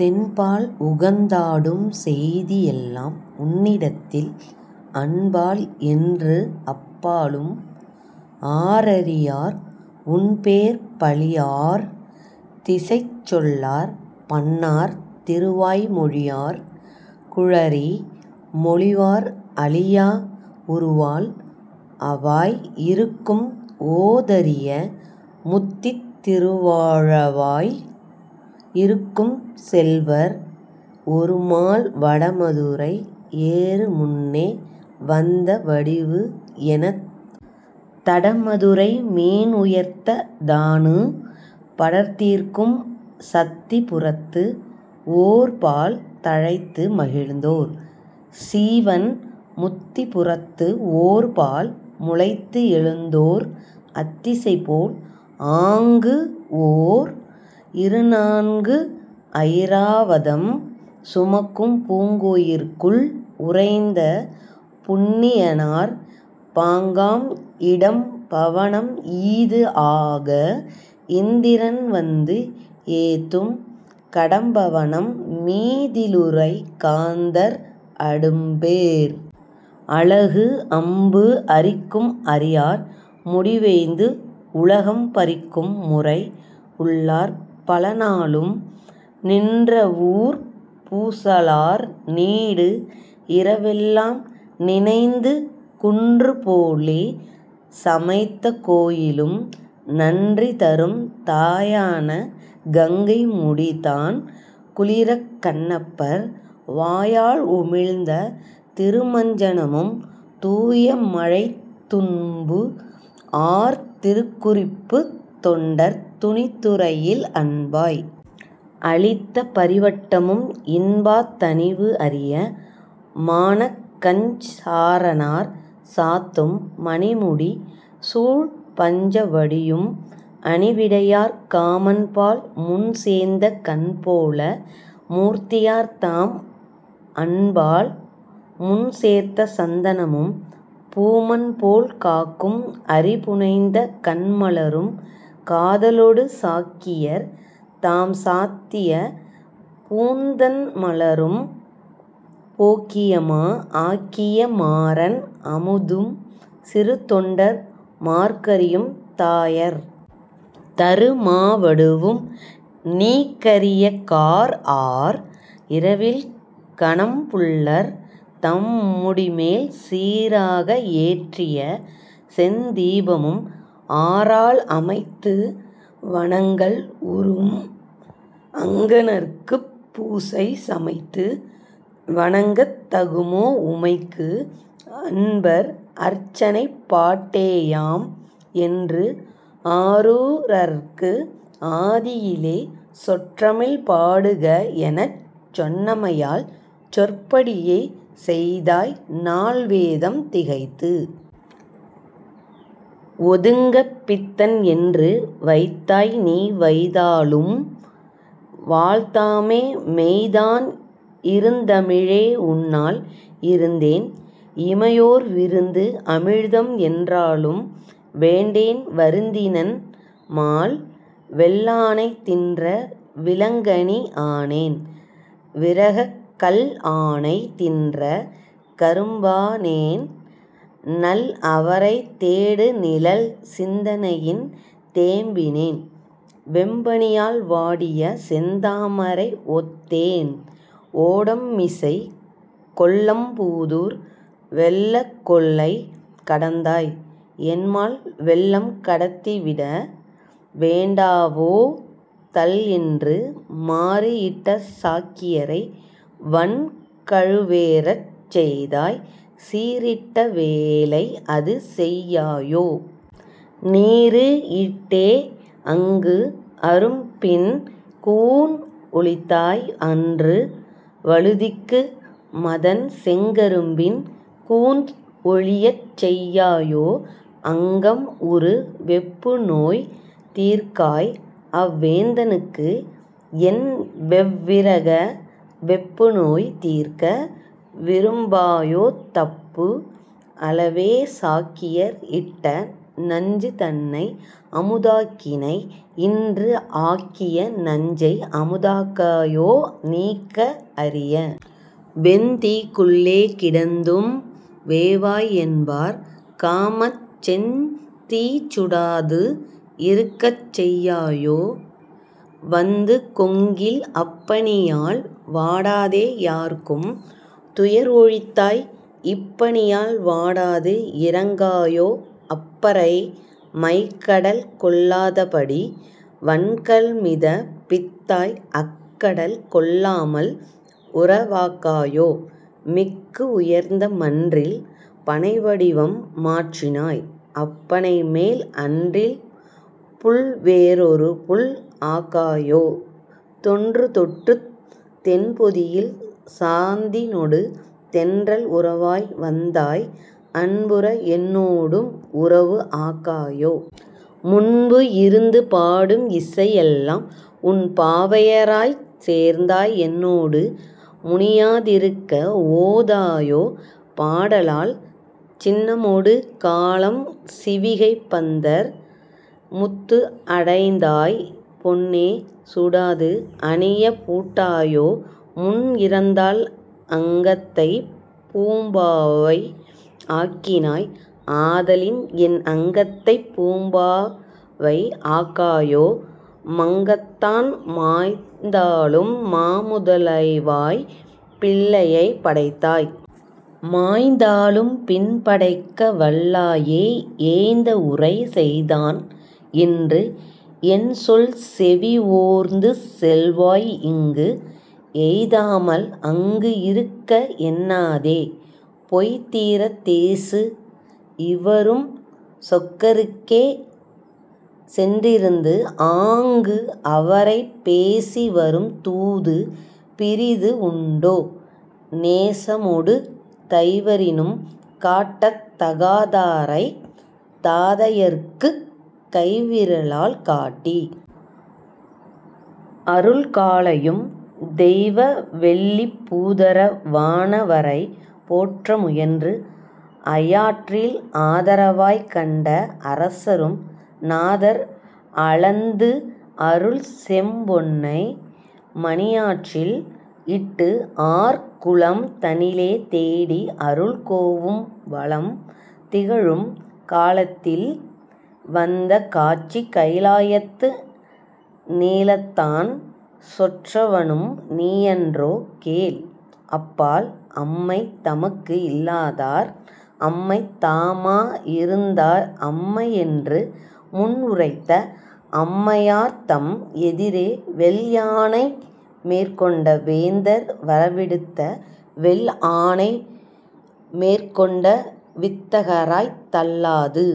தென்பால் உகந்தாடும் செய்தி எல்லாம் உன்னிடத்தில் அன்பால் என்று அப்பாலும் ஆரறியார் உன்பேர் பழிஆர் திசைச்சொல்லார் பன்னார் திருவாய் மொழியார் குழறி மொழிவார் அழியா உருவால் அவாய் இருக்கும் ஓதரிய முத்தித் திருவாலவாய் இருக்கும் செல்வர் ஒரு மால் வடமதுரை ஏறுமுன்னே வந்த வடிவு என்னத் தடமதுரை மீன்உயர்த்த தாணு படர்தீர்க்கும் சத்திபுரத்து ஓர்பால் தழைத்து மகிழ்ந்தோர் சீவன் முத்திபுரத்து ஓர்பால் முளைத்து எழுந்தோர் அத்திசைபோல் ஆங்குஓர் இருநான்கு அயிராவதம் சுமக்கும் பூங்கோயிற்குள் உறைந்த புண்ணியனார் பாங்காம் இடம் பவனம் ஈது ஆக இந்திரன் வந்து ஏத்தும் கடம்பவனம் மீதிலுறை காந்தர் அடும்பேர் அலகு அம்பு அரிக்கும் அரியார் முடிவேய்ந்து உலகம் பரிக்கும் முறைஉள்ளார் பலநாளும் நின்றவூர்ப் பூசலார் நீடு இரவெலாம் நினைந்து குன்று போலே சமைத்த கோயிலும் நன்றிதரும் தாயான கங்கைமுடி தான் குளிரக் கண்ணப்பர் வாயால் உமிழ்ந்த திருமஞ்சனமும் தூயமழைத் துன்புஆர் திருக்குறிப்புத் தொண்டர் துணித்துறையில் அன்பாய் அளித்த பரிவட்டமும் இன்பாத் தணிவுஅரிய மானக்கஞ்சாறணார் சாத்தும் மணிமுடி சூழ் பஞ்சவடியும் அணிவிடையார் காமன்பால் முன்சேந்த கண்போல மூர்த்தியார் தாம் அன்பால் முன்சேர்த்த சந்தனமும் பூமன்போல் காக்கும் அரிபுனைந்த கண்மலரும் காதலொடு சாக்கியர் தாம்சாத்திய பூந்தண்மலரும் போக்கியமா ஆக்கிய மாறன் அமுதும் சிறுத்தொண்டர் மார்க்கறியும் தாயர் தரு மாவடுவும் நீக்கரிய கார்ஆர் இரவில் கணம்புல்லர் தம்முடிமேல் சீராக ஏற்றிய செந்தீபமும் ஆரால் அமைத்து வணங்கல் உறும் அங்கணர்க்குப் பூசை சமைத்து வணங்கத் தகுமோ உமைக்கு அன்பர் அற்சனை பாட்டேயாம் என்று ஆரூரர்க்கு ஆதியிலே சொற்றமிழ் பாடுகஎனச் சொன்னமையால் சொற்படியே செய்தாய் நால்வேதம் திகைத்து ஒதுங்கப் பித்தன்என்று வைதாய் நீ வைதாலும் வாழ்த்தாமே மெய்தான் இருந்தமிழே உன்னால் இருந்தேன் இமையோர் விருந்து அமிழ்தம் என்றாலும் வேண்டேன் வருந்தினன் மால் வெல்லானை தின்ற விளங்கனி ஆனேன் விரகக் கல் ஆனை தின்ற கரும்பானேன் நல் அவரைத் தேடு நிழல் சிந்தனையின் தேம்பினேன் வெம்பனியால் வாடிய செந்தாமரை ஒத்தேன் ஓடம்மிசைக் கொள்ளம்பூதூர் வெள்ளக் கொள்ளை கடந்தாய் என்மால் வெள்ளம் கடத்திவிட வேண்டாவோ தள்என்று மாறுஇட்ட சாக்கியரை வன் கழுவேறச் செய்தாய் சீறிட்ட வேளை அது செய்யாயோ? நீறு இட்டே அங்குஅரும் பின் கூன் ஒழித்தாய் அன்று வழுதிக்கு மதன் செங்கரும்பின் கூந் ஒழியச்செய்யாயோ அங்கம்உறு வெப்புநோய் தீர்க்காய் அவ்வேந்தனுக்கு என்வெவ்விரக வெப்பு நோய் தீர்க்க விரும்பாயோ தப்பு அலவே சாக்கியர் இட்ட நஞ்சுதன்னை அமுதாக்கினை இன்று ஆக்கிய நஞ்சை அமுதாக்காயோ நீக்க அரிய வெந்தீக்குள்ளே கிடந்தும் வேவாய் என்பார் காமச் செந்தீச் சுடாது இருக்கச் செய்யாயோ வந்து கொங்கில் அப்பனியால் வாடாதே யார்க்கும் துயர்ஒழித்தாய் இப்பனியால் வாடாது இரங்காயோ அப்பரை மைக்கடல் கொல்லாதபடி வன்கல் மிதப் பித்தாய் அக்கடல் கொல்லாமல் உறவாக்காயோ மிக்கு உயர்ந்த மன்றில் பனைவடிவம் மாற்றினாய் அப்பனைமேல் அன்றில்புள் வேறொருபுள் ஆக்காயோ தொன்றுதொட்டுத் தென்பொதியில் சாந்தினொடு தென்றல் உறவாய் வந்தாய் அன்புற என்னோடும் உறவு ஆக்காயோ? முன்புஇருந்து பாடும் இசை எல்லாம் உன் பாவையராச் சேர்ந்தாய்என் னோடு முனியாதிருக்க ஓதாயோ பாடலால் சின்னமொடு காளம் சிவிகை பந்தர் முத்துஅடைந்தாய் பொன்னே சுடாது அணியப் பூட்டாயோ முன்இறந்தாள் அங்கத்தைப் பூம்பாவை ஆக்கினாய் ஆதலின்என் அங்கத்தைப் பூம்பாவை ஆக்காயோ மங்கத்தான் மாய்ந்தாலும் மாமுதலைவாய்ப் பிள்ளையைப் படைத்தாய் மாய்ந்தாலும் பின்படைக்க வல்லையே ஏய்ந்தஉரை செய்தான் என்று என்சொல் செவி ஓர்ந்து செல்வாய் இங்கு எய்தாமல் அங்குஇருக்க எண்ணாதே பொய்தீரத் தேசு இவரும் சொக்கருக்கே சென்றிருந்து ஆங்கு அவரைப் பேசி வரும் தூது பிறிது உண்டோ நேசமொடு தைவரினும் காட்டத் தகாதாரைத் தாதையர்க்குக் கைவிரலால் காட்டி அருள்காளையும் தெய்வவெள்ளிப் பூதர வானவரைப் போற்ற முயன்று ஐயாற்றில் ஆதரவாய்க் கன்ட அரசரும்- நாதர் அளந்து அருள் செம்பொன்னை மணியாற்றில் இட்டு ஆரூர்க் குளம் தனிலே தேடிஅருள் கோவும் வளம் திகழும் காளத்தியில் வந்த காட்சி கயிலாயத்து நீளத்தான் சொற்றவனும் நீயன்றோ கேள்அப்பால் அம்மை தமக்கு இல்லாதார் அம்மை தாமா இருந்தார் அம்மை என்று முன்உரைத்த அம்மையார்த் தம்எதிரே வெள்ஆனை மேற்கொண்ட வேந்தர் வரவிடுத்த வெள்ஆனை மேற்கொன்ட வித்தகராய்த் தள்ளாது